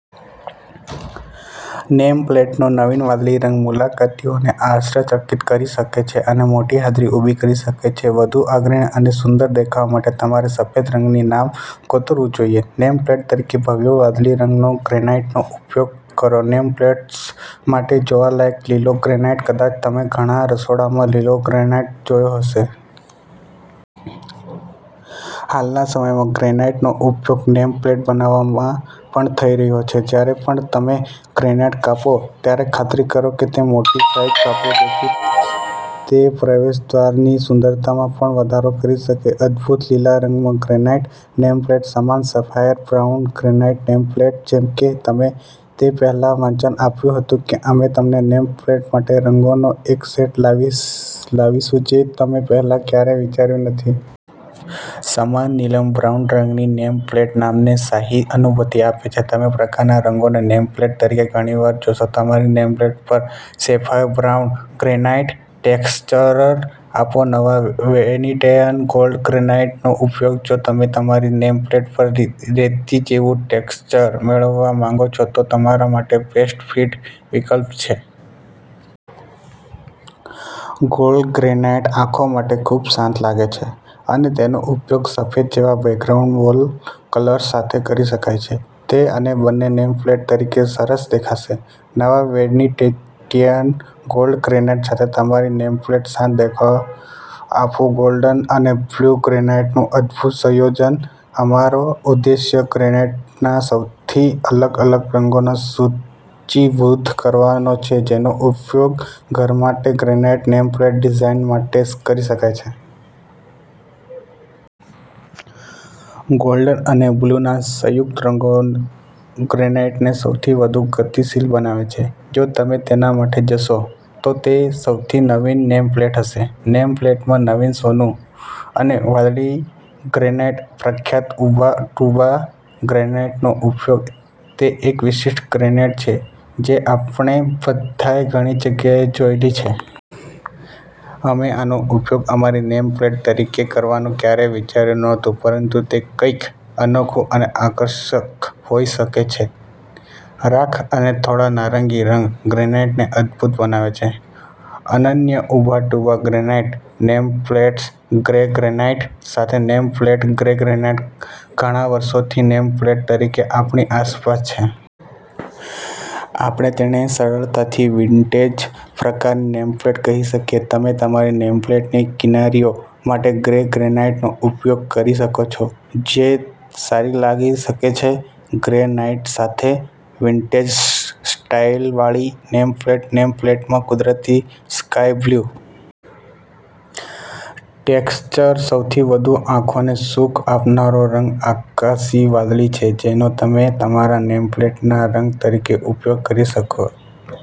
Name પ્લેટનોનવીન વાદળી રંગ મુલાકાતીઓને આશ્ચર્યચકિત કરી શકે છે અને મોટી હાજરી ઉભી કરી શકે છે. વધુ અગ્રણી અને સુંદર દેખાવા માટે તમારે સફેદ રંગથી નામ કોતરવું જોઈએ. નેમપ્લેટ તરીકે ભવ્ય વાદળી રંગના ગ્રેનાઈટનો ઉપયોગ કરો નેમપ્લેટ્સ માટે જોવાલાયક લીલો ગ્રેનાઈટ કદાચ તમે ઘણા રસોડામાં લીલો ગ્રેનાઈટ જોયો હશે. હાલના સમયમાં ગ્રેનાઈટનો ઉપયોગ નેમ પ્લેટ બનાવવામાં પણ થઈ રહ્યો છે. જ્યારે પણ તમે ગ્રેનાઈટ કાપો ત્યારે ખાતરી કરો કે તમે મોટી સાઈઝ કાપો જેથી તે પ્રવેશદ્વારની સુંદરતામાં પણ વધારો કરી શકે. અદભૂત લીલા રંગમાં ગ્રેનાઈટ નેમપ્લેટ સમાન sapphire brown granite name plate જેમ કે અમે તે પહેલાં વચન આપ્યું હતું કે અમે તમને નેમ પ્લેટ માટે રંગોનો એક સેટ લાવીશું જે તમે પહેલાં ક્યારેય વિચાર્યું નથી. સમાન નીલમ બ્રાઉન રંગની નેમ પ્લેટ નામને શાહી અનુભૂતિ આપે છે. તમે પ્રકારના રંગોને નેમપ્લેટ તરીકે ઘણી વાર જોશો. તમારી નેમપ્લેટ પર સેફાયર બ્રાઉન ગ્રેનાઈટ ટેક્સચર આપો નવા વેનેટીયન ગોલ્ડ ગ્રેનાઈટનો ઉપયોગ જો તમે તમારી નેમ પ્લેટ પર રેતી જેવું ટેક્સચર મેળવવા માંગો છો તો તમારા માટે બેસ્ટ ફિટ વિકલ્પ છે. ગોલ્ડ ગ્રેનાઈટ આંખો માટે ખૂબ શાંત લાગે છે અને તેનો ઉપયોગ સફેદ જેવા બેકગ્રાઉન્ડ વોલ કલર્સ સાથે કરી શકાય છે. તે અને બંને નેમ પ્લેટ તરીકે સરસ દેખાશે. નવા વેનેટીયન ગોલ્ડ ગ્રેનાઈટ સાથે તમારી નેમપ્લેટને શાંત દેખાવ આપો ગોલ્ડન અને બ્લુ ગ્રેનાઈટનું અદભૂત સંયોજન અમારો ઉદ્દેશ્ય ગ્રેનાઈટના સૌથી અલગ અલગ રંગોને સૂચિબદ્ધ કરવાનો છે જેનો ઉપયોગ ઘર માટે ગ્રેનાઈટ નેમ પ્લેટ ડિઝાઇન માટે કરી શકાય છે. ગોલ્ડન અને બ્લુના સંયુક્ત રંગો ગ્રેનાઈટને સૌથી વધુ ગતિશીલ બનાવે છે. જો તમે તેના માટે જશો તો તે સૌથી નવીન નેમ પ્લેટ હશે. નેમપ્લેટમાં નવીન સોનું અને વાદળી ગ્રેનાઈટ પ્રખ્યાત ઉબા ટુબા ગ્રેનાઈટનો ઉપયોગ તે એક વિશિષ્ટ ગ્રેનાઈટ છે જે આપણે બધાએ ઘણી જગ્યાએ જોયેલી છે. અમે આનો ઉપયોગ અમારી નેમ પ્લેટ તરીકે કરવાનું ક્યારેય વિચાર્યું નહોતું પરંતુ તે કંઈક અનોખું અને આકર્ષક હોઈ શકે છે. રાખ અને થોડો નારંગી રંગ ગ્રેનાઈટને અદભૂત બનાવે છે. અનન્ય Ubatuba granite nameplates grey granite સાથે નેમ પ્લેટ ગ્રે ગ્રેનાઈટ ઘણા વર્ષોથી નેમપ્લેટ તરીકે આપણી આસપાસ છે. આપણે તેને સરળતાથી વિન્ટેજ પ્રકારની નેમપ્લેટ કહી શકીએ. તમે તમારી નેમપ્લેટની કિનારીઓ માટે ગ્રે ગ્રેનાઈટનો ઉપયોગ કરી શકો છો, જે સારી લાગી શકે છે. ગ્રે ગ્રેનાઈટ સાથે વિન્ટેજ-સ્ટાઈલવાળી નેમપ્લેટ નેમ પ્લેટમાં કુદરતી સ્કાય-બ્લુ ટેક્સચર સૌથી વધુ આંખને સુખ આપનારો રંગ આકાશી વાદળી છે જેનો તમે તમારા નેમપ્લેટના રંગ તરીકે ઉપયોગ કરી શકો